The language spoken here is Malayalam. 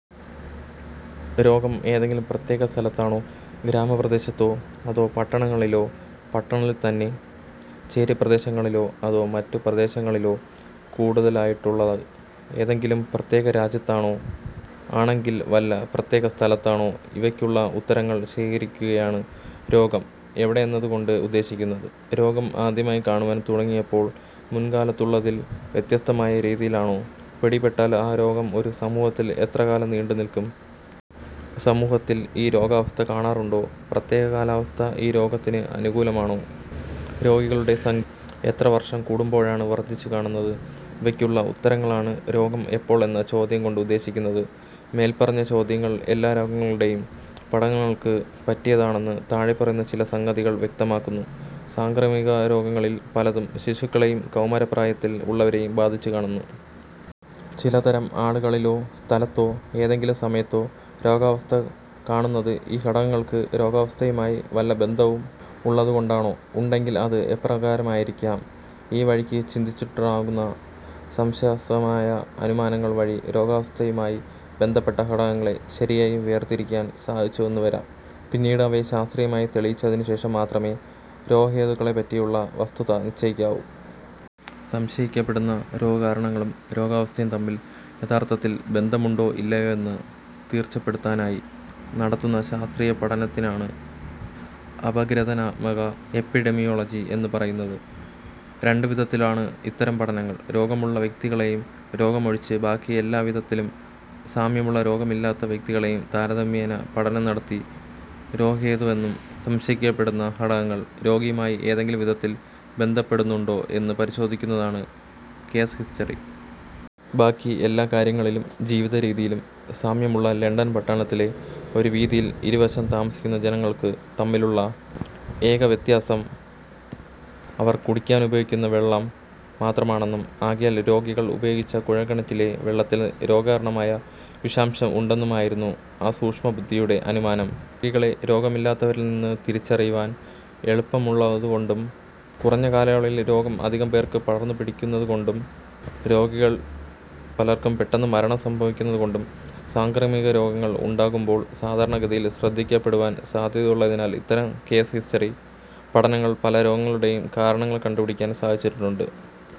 രോഗം ഏതെങ്കിലും പ്രത്യേക സ്ഥലത്താണോ, ഗ്രാമപ്രദേശത്തോ അതോ പട്ടണങ്ങളിലോ പട്ടണത്തിൽത്തന്നെ ചേരിപ്രദേശങ്ങളിലോ അതോ മറ്റു പ്രദേശങ്ങളിലോ കൂടുതലായിട്ടുള്ളത്? ഏതെങ്കിലും പ്രത്യേകരാജ്യത്താണോ? ആണെങ്കിൽ വല്ല പ്രത്യേകസ്ഥലത്താണോ? ഇവയ്ക്കുള്ള ഉത്തരങ്ങൾ ശേഖരിക്കുകയാണ് രോഗം എവിടെ എന്നതുകൊണ്ട് ഉദ്ദേശിക്കുന്നത്. രോഗം ആദ്യമായി കാണുവാൻ തുടങ്ങിയതെപ്പോൾ? മുൻകാലത്തുള്ളതിൽ വ്യത്യസ്തമായ രീതിയിലാണോ? പിടിപെട്ടാൽ ആ രോഗം ഒരു സമൂഹത്തിൽ എത്രകാലം നീണ്ടുനിൽക്കും? സമൂഹത്തിൽ ഈ രോഗാവസ്ഥ കാണാറുണ്ടോ? പ്രത്യേകകാലാവസ്ഥ ഈ രോഗത്തിന് അനുകൂലമാണോ? രോഗികളുടെ സംഖ്യ എത്ര വർഷം കൂടുമ്പോഴാണ് വർദ്ധിച്ചുകാണുന്നത്? ഇവയ്ക്കുള്ള ഉത്തരങ്ങളാണ് രോഗം എപ്പോൾ എന്ന ചോദ്യംകൊണ്ട് ഉദ്ദേശിക്കുന്നത്. മേൽപ്പറഞ്ഞ ചോദ്യങ്ങൾ എല്ലാരോഗങ്ങളുടെയും പഠനങ്ങൾക്കു പറ്റിയതാണെന്ന് താഴെപറയുന്ന ചില സംഗതികൾ വ്യക്തമാക്കുന്നു. സാംക്രമികരോഗങ്ങളിൽ പലതും ശിശുക്കളെയും കൗമാരപ്രായത്തിൽ ഉള്ളവരെയും ബാധിച്ചു കാണുന്നു. ചിലതരം ആളുകളിലോ, സ്ഥലത്തോ, ഏതെങ്കിലും സമയത്തോ രോഗാവസ്ഥ കാണുന്നത് ഈ ഘടകങ്ങൾക്ക് രോഗാവസ്ഥയുമായി വല്ല ബന്ധവും ഉള്ളതുകൊണ്ടാണോ? ഉണ്ടെങ്കിൽ അത് എപ്രകാരമായിരിക്കാം? ഈ വഴിക്കു ചിന്തിച്ചുണ്ടാകുന്ന സംശയാസ്പദമായ അനുമാനങ്ങൾ വഴി രോഗാവസ്ഥയുമായി ബന്ധപ്പെട്ട ഘടകങ്ങളെ ശരിയായും വേർതിരിക്കാൻ സാധിച്ചെന്നുവരാം. പിന്നീട് അവയെ ശാസ്ത്രീയമായി തെളിയിച്ചതിനു ശേഷം മാത്രമേ രോഗഹേതുക്കളെപ്പറ്റിയുള്ള വസ്തുത നിശ്ചയിക്കാവു. സംശയിക്കപ്പെടുന്ന രോഗകാരണങ്ങളും രോഗാവസ്ഥയും തമ്മിൽ യഥാർത്ഥത്തിൽ ബന്ധമുണ്ടോ ഇല്ലയോ എന്നു തീർച്ചപ്പെടുത്താനായി നടത്തുന്ന ശാസ്ത്രീയ പഠനത്തിനാണ് അപഗ്രഥനാത്മക എപ്പിഡെമിയോളജി എന്നുപറയുന്നത്. രണ്ടുവിധത്തിലാണ് ഇത്തരം പഠനങ്ങൾ: രോഗമുള്ള വ്യക്തികളെയും രോഗമൊഴിച്ച് ബാക്കിയെല്ലാവിധത്തിലും സാമ്യമുള്ള രോഗമില്ലാത്ത വ്യക്തികളെയും താരതമ്യേന പഠനം നടത്തി രോഗഹേതുവെന്നു സംശയിക്കപ്പെടുന്ന ഘടകങ്ങൾ രോഗിയുമായി ഏതെങ്കിലും വിധത്തിൽ ബന്ധപ്പെടുന്നുണ്ടോ എന്നു പരിശോധിക്കുന്നതാണ് കേസ് ഹിസ്റ്ററി. ബാക്കി എല്ലാകാര്യങ്ങളിലും ജീവിതരീതിയിലും സാമ്യമുള്ള ലണ്ടൻ പട്ടണത്തിലെ ഒരു വീഥിയിൽ ഇരുവശം താമസിക്കുന്ന ജനങ്ങൾക്കു തമ്മിലുള്ള ഏക വ്യത്യാസം അവർ കുടിക്കാനുപയോഗിക്കുന്ന വെള്ളം മാത്രമാണെന്നും ആകയാൽ രോഗികൾ ഉപയോഗിച്ച കുഴൽ കിണറ്റിലെ വെള്ളത്തിൽ രോഗകാരണമായ വിഷാംശം ഉണ്ടെന്നുമായിരുന്നു ആ സൂക്ഷ്മബുദ്ധിയുടെ അനുമാനം. രോഗികളെ രോഗമില്ലാത്തവരിൽ നിന്നു തിരിച്ചറിയാൻ എളുപ്പമുള്ളതുകൊണ്ടും കുറഞ്ഞകാലയളവിൽ രോഗം അധികം പേർക്കും പടർന്നു പിടിക്കുന്നതുകോണ്ടും രോഗികളിൽ പലർക്കും പെട്ടെന്നു മരണം സംഭവിക്കുന്നതുകൊണ്ടും സാംക്രമികരോഗങ്ങൾ ഉണ്ടാകുമ്പോൾ സാധാരണഗതിയിൽ ശ്രദ്ധിക്കപ്പെടുവാൻ സാധ്യതയുള്ളതിനാൽ ഇത്തരം കേസ് ഹിസ്റ്ററി പഠനങ്ങൾ പല രോഗങ്ങളുടെയും കാരണങ്ങൾ കണ്ടുപിടിക്കുവാൻ സാധിച്ചിട്ടുണ്ട്.